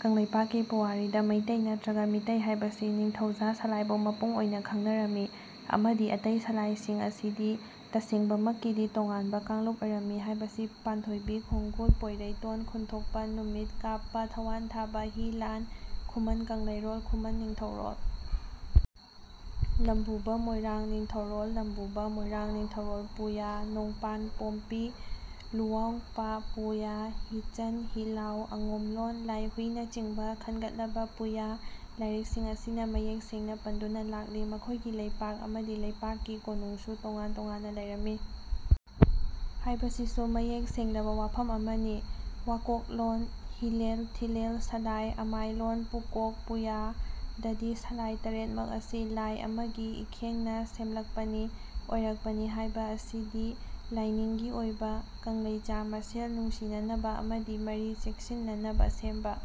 ꯀꯪꯂꯩꯄꯥꯛꯀꯤ ꯄꯨꯋꯥꯔꯤꯗ ꯃꯩꯇꯩ ꯅꯠꯇ꯭ꯔꯒ ꯃꯤꯇꯩ ꯍꯥꯢꯕꯁꯤ ꯅꯤꯡꯊꯧꯖꯥ ꯁꯂꯥꯢꯕꯨ ꯃꯄꯨꯡ ꯑꯣꯢꯅ ꯈꯪꯅꯔꯝꯃꯤ꯫ ꯑꯃꯗꯤ ꯑꯇꯩ ꯁꯂꯥꯢ ꯁꯤꯡ ꯑꯁꯤꯗꯤ ꯇꯁꯦꯡꯕꯃꯛꯀꯤꯗꯤ ꯇꯣꯉꯥꯟꯕ ꯀꯥꯡꯂꯨꯞ ꯑꯣꯢꯔꯝꯃꯤ ꯍꯥꯏꯕꯁꯤ ꯄꯥꯟꯊꯣꯢꯕꯤ ꯈꯣꯡꯒꯨꯜ, ꯄꯣꯢꯔꯩꯇꯣꯟ ꯈꯨꯟꯊꯣꯛꯄ, ꯅꯨꯃꯤꯠ ꯀꯥꯞꯄ, ꯊꯋꯥꯟꯊꯥꯕ ꯍꯤꯂꯥꯟ, ꯈꯨꯃꯟ ꯀꯪꯂꯩꯔꯣꯜ, ꯈꯨꯃꯟ ꯅꯤꯡꯊꯧꯔꯣꯜ ꯂꯝꯕꯨꯕ, ꯃꯣꯢꯔꯥꯡ ꯅꯤꯡꯊꯧꯔꯣꯜ ꯂꯝꯕꯨꯕ, ꯃꯣꯢꯔꯥꯡ ꯅꯤꯡꯊꯧꯔꯣꯜ ꯄꯨꯌꯥ, ꯅꯣꯡꯄꯥꯟ ꯄꯣꯝꯄꯤ ꯂꯨꯋꯥꯎꯄ ꯄꯨꯌꯥ, ꯍꯤꯆꯟ ꯍꯤꯂꯥꯎ, ꯑꯉꯣꯝꯂꯣꯟ ꯂꯥꯢꯍꯨꯢ ꯅꯆꯤꯡꯕ ꯈꯟꯒꯠꯂꯕ ꯄꯨꯌꯥ ꯂꯥꯢꯔꯤꯛꯁꯤꯡ ꯑꯁꯤꯅ ꯃꯌꯦꯛ ꯁꯦꯡꯅ ꯄꯟꯗꯨꯅ ꯂꯥꯛꯂꯤ꯫ ꯃꯈꯣꯢꯒꯤ ꯂꯩꯄꯥꯛ ꯑꯃꯗꯤ ꯂꯩꯄꯥꯛ ꯀꯤ ꯀꯣꯅꯨꯡꯁꯨ ꯇꯣꯉꯥꯟ ꯇꯣꯉꯥꯟꯅ ꯂꯩꯔꯝꯃꯤ ꯍꯥꯢꯕꯁꯤꯁꯨ ꯃꯌꯦꯛ ꯁꯦꯡꯂꯕ ꯋꯥꯐꯝ ꯑꯃꯅꯤ꯫ ꯋꯥꯀꯣꯛꯂꯣꯟ ꯍꯤꯂꯦꯜ ꯊꯤꯂꯦꯜ ꯁꯂꯥꯏ ꯑꯃꯥꯏꯂꯣꯟ ꯄꯨꯀꯣꯛ ꯄꯨꯌꯥ ꯗꯗꯤ ꯁꯂꯥꯢ ꯇꯔꯦꯠ ꯃꯛ ꯑꯁꯤ ꯂꯥꯢ ꯑꯃꯒꯤ ꯏꯈꯦꯡꯅ ꯁꯦꯝꯂꯛꯄꯅꯤ ꯑꯣꯢꯔꯛꯄꯅꯤ ꯍꯥꯢꯕ ꯑꯁꯤꯗꯤ ꯂꯥꯢꯅꯤꯡꯒꯤ ꯑꯣꯢꯕ ꯀꯪꯂꯩꯆꯥ ꯃꯁꯦꯜ ꯅꯨꯡꯁꯤꯅꯅꯕ ꯑꯃꯗꯤ ꯃꯔꯤ ꯆꯦꯠꯁꯤꯟꯅꯅꯕ ꯁꯦꯝꯕ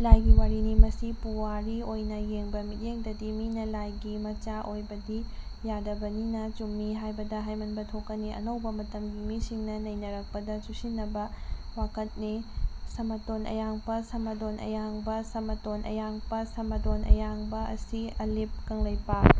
ꯂꯥꯢꯒꯤ ꯋꯥꯔꯤꯅꯤ꯫ ꯃꯁꯤ ꯄꯨꯋꯥꯔꯤ ꯑꯣꯢꯅ ꯌꯦꯡꯕ ꯃꯤꯠꯌꯦꯡꯗꯗꯤ ꯃꯤꯅ ꯂꯥꯢꯒꯤ ꯃꯆꯥ ꯑꯣꯢꯕꯗꯤ ꯌꯥꯗꯕꯅꯤꯅ ꯆꯨꯝꯃꯤ ꯍꯥꯢꯕꯗ ꯍꯥꯢꯃꯟꯕ ꯊꯣꯛꯀꯅꯤ꯫ ꯑꯅꯧꯕ ꯃꯇꯝꯒꯤ ꯃꯤꯁꯤꯡꯅ ꯅꯩꯅꯔꯛꯄꯗ ꯆꯨꯁꯤꯟꯅꯕ ꯋꯥꯠꯀꯅꯤ꯫ "ꯁꯃꯇꯣꯟ ꯑꯌꯥꯡꯄ" (ꯁꯃꯗꯣꯟ ꯑꯌꯥꯡꯕ, ꯁꯥꯃꯇꯣꯟ ꯑꯌꯥꯡꯄ, ꯁꯥꯃꯗꯣꯟ ꯑꯌꯥꯡꯕ) ꯑꯁꯤ ꯑꯂꯤꯄ ꯀꯪꯂꯩꯄꯥꯛ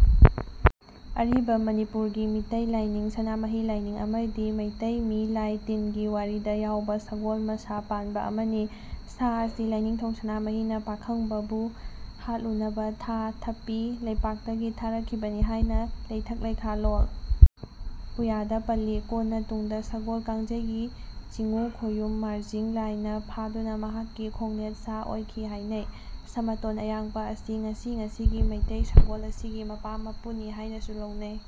(ꯑꯔꯤꯕ ꯃꯅꯤꯄꯨꯔ) ꯒꯤ ꯃꯤꯇꯩ ꯂꯥꯢꯅꯤꯡ (ꯁꯅꯥꯃꯍꯤ ꯂꯥꯢꯅꯤꯡ) ꯑꯃꯗꯤ ꯃꯩꯇꯩ ꯃꯤ ꯂꯥꯢ ꯇꯤꯟꯒꯤ ꯋꯥꯔꯤꯗ ꯌꯥꯎꯕ ꯁꯒꯣꯜ ꯃꯁꯥ ꯄꯥꯟꯕ ꯑꯃꯅꯤ꯫ ꯁꯥ ꯑꯁꯤ ꯂꯥꯢꯅꯤꯡꯊꯧ ꯁꯅꯥꯃꯍꯤ ꯅ ꯄꯥꯈꯪꯕ ꯕꯨ ꯍꯥꯠꯂꯨꯅꯕ ꯊꯥ (ꯊꯄꯤ) ꯂꯩꯄꯥꯛꯇꯒꯤ ꯊꯥꯔꯛꯈꯤꯕꯅꯤ ꯍꯥꯢꯅ ꯂꯩꯊꯛ ꯂꯩꯈꯥꯂꯣꯜ ꯄꯨꯌꯥꯗ ꯄꯜꯂꯤ꯫ ꯀꯣꯟꯅ ꯇꯨꯡꯗ ꯁꯒꯣꯜ ꯀꯥꯡꯖꯩꯒꯤ ꯆꯤꯉꯨ ꯈꯣꯌꯨꯝ ꯃꯥꯔꯖꯤꯡ ꯂꯥꯢ ꯅ ꯐꯥꯗꯨꯅ ꯃꯍꯥꯛꯀꯤ ꯈꯣꯡꯅꯦꯠ ꯁꯥ ꯑꯣꯢꯈꯤ ꯍꯥꯢꯅꯩ꯫ ꯁꯃꯇꯣꯟ ꯑꯌꯥꯡꯄ ꯑꯁꯤ ꯉꯁꯤ ꯉꯁꯤꯒꯤ ꯃꯩꯇꯩ ꯁꯒꯣꯜ ꯑꯁꯤꯒꯤ ꯃꯄꯥ ꯃꯄꯨ ꯅꯤ ꯍꯥꯢꯅꯁꯨ ꯂꯧꯅꯩ꯫